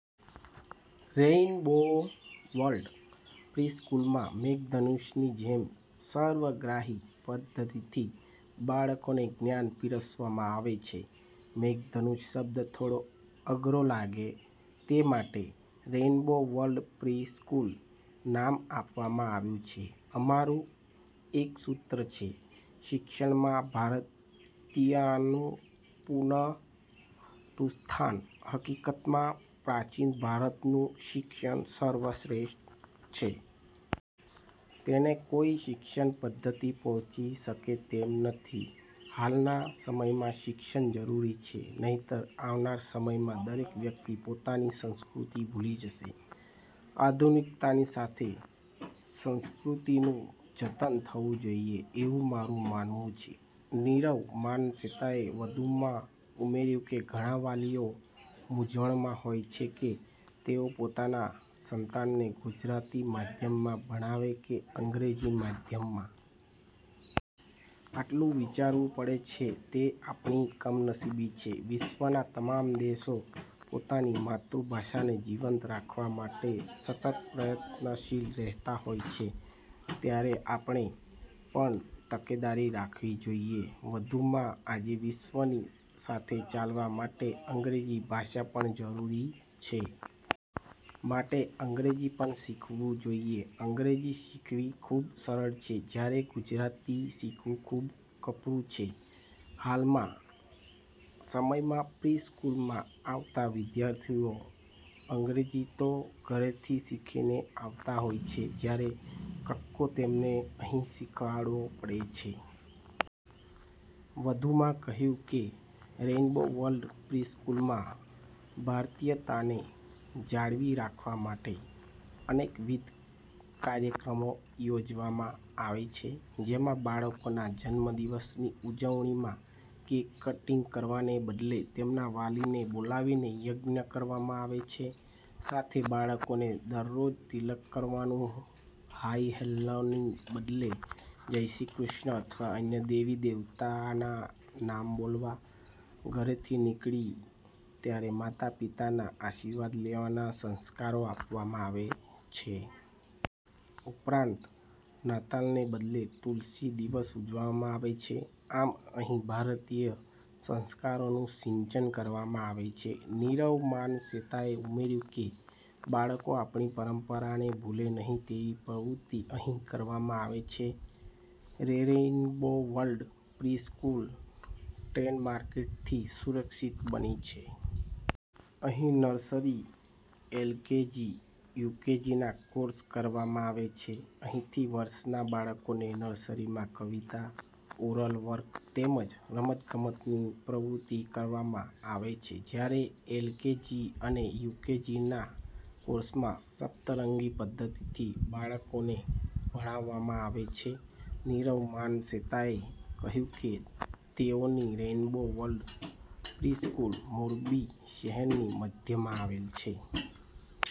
Rainbow world પ્રિ-સ્કૂલમાં મેઘધનુષની જેમ સર્વગ્રાહી પદ્ધતિથી બાળકોને જ્ઞાન પીરસવામાં આવે છે. મેઘધનુષ શબ્દ થોડો અઘરો લાગે તે માટે રેઈન્બો વર્લ્ડ પ્રિ-સ્કૂલ નામ આપવામાં આવ્યું છે. અમારું એકસૂત્ર છે. શિક્ષણમાં ભારતીયતાનું પુનરુત્થાન. હકીકતમાં પ્રાચીન ભારતનું શિક્ષણ સર્વ શ્રેષ્ઠ છે. તેને કોઈ શિક્ષણ પદ્ધતિ પહોંચી શકે તેમ નથી. હાલના સમયમાંશિક્ષણ જરૂરી છે. નહિતર આવનાર સમયમાં દરેક વ્યક્તિ પોતાની સંસ્કૃતિ ભૂલી જશે. આધુનિકતાની સાથે સંસ્કૃતિનું જતન થવુંજોઈએ. એવુ મારું માનવું છે. નીરવ માનસેતાએ વધુમાં ઉમેર્યું કે ઘણા વાલીઓ મુંઝવણમા હોય છે કે તેઓ પોતાના સંતાનને ગુજરાતી માધ્યમમા ભણાવે કે અંગ્રેજી માધ્યમમાં. આટલું વિચારવું પડે છે તે આપણી કમનસીબી છે. વિશ્વના તમામ દેશો પોતાની માતૃભાષાને જીવંત રાખવા માટે સતત પ્રયત્નશીલ રહેતા હોય છે. ત્યારે આપણે પણતકેદારી રાખવી જોઈએ. વધુમાં આજે વિશ્વની સાથે ચાલવા માટે અંગ્રેજી ભાષા પણ જરૂરી છે. માટે અંગ્રેજી પણ શીખવુંજોઈએ. અંગ્રેજી શીખવી ખૂબ સરળ છે. જ્યારે ગુજરાતી શીખવું ખૂબ કપરું છે. હાલના સમયમાં પ્રિ સ્કૂલમા આવતા વિદ્યાર્થીઓ અંગ્રેજી તો ઘરેથીશીખીને આવતા હોય છે. જ્યારે કક્કો તેમને અહીં શીખવવો પડે છે. વધુમાં કહ્યું કે રેઈન્બો વર્લ્ડ પ્રિ-સ્કૂલમાં ભારતીયતાને જાળવી રાખવા માટે અનેકવિધ કાર્યક્રમો યોજવામાં આવે છે. જેમાં બાળકોના જન્મદિવસની ઉજવણીમા કેક કટીંગ કરવાને બદલે તેમના વાલીને બોલાવીને યજ્ઞ કરવામાં આવે છે. સાથે બાળકોને દરરોજ તિલક કરવાનું, હાઈ- હેલ્લોની બદલે જય શ્રી કૃષ્ણ અથવા અન્ય દેવી દેવતાના નામ બોલવા, ઘરેથી નીકળે ત્યારે માતા પિતાના આશીર્વાદ લેવાના સંસ્કારો આપવામાં આવે છે. ઉપરાંત નાતાલને બદલે તુલસી દિવસ ઉજવવામાં આવે છે. આમ અહીં ભારતીય સંસ્કારોનું સીંચન કરવામાં આવે છે. નીરવ માનસેતાએ ઉમેર્યું કે બાળકો આપણી પરંપરાને ભૂલે નહિ તેવી પ્રવૃત્તિ અહીં કરાવવામાં આવે છે. રેરેઈન્બો વર્લ્ડ પ્રિ-સ્કૂલ ટ્રેડમાર્કથી સુરક્ષિત બની છે. અહીં નર્સરી, એલકેજી, યુકેજીના કોર્ષ કરાવવામાં આવે છે. અહીંથીવર્ષના બાળકોને નર્સરીમાં કવિતા, ઓરલ વર્ક તેમજ રમત ગમતની પ્રવૃત્તિ કરાવવામાં આવે છે. જ્યારે એલકેજી અને યુકેજીના કોર્ષમાં સપ્તરંગી પદ્ધતિથી બાળકોને ભણાવવામાં આવે છે. નીરવ માનસેતાએ કહ્યું કે તેઓની રેઈન્બો વર્લ્ડ પ્રિ-સ્કૂલ મોરબી શહેરની મધ્યમાં આવેલ છે.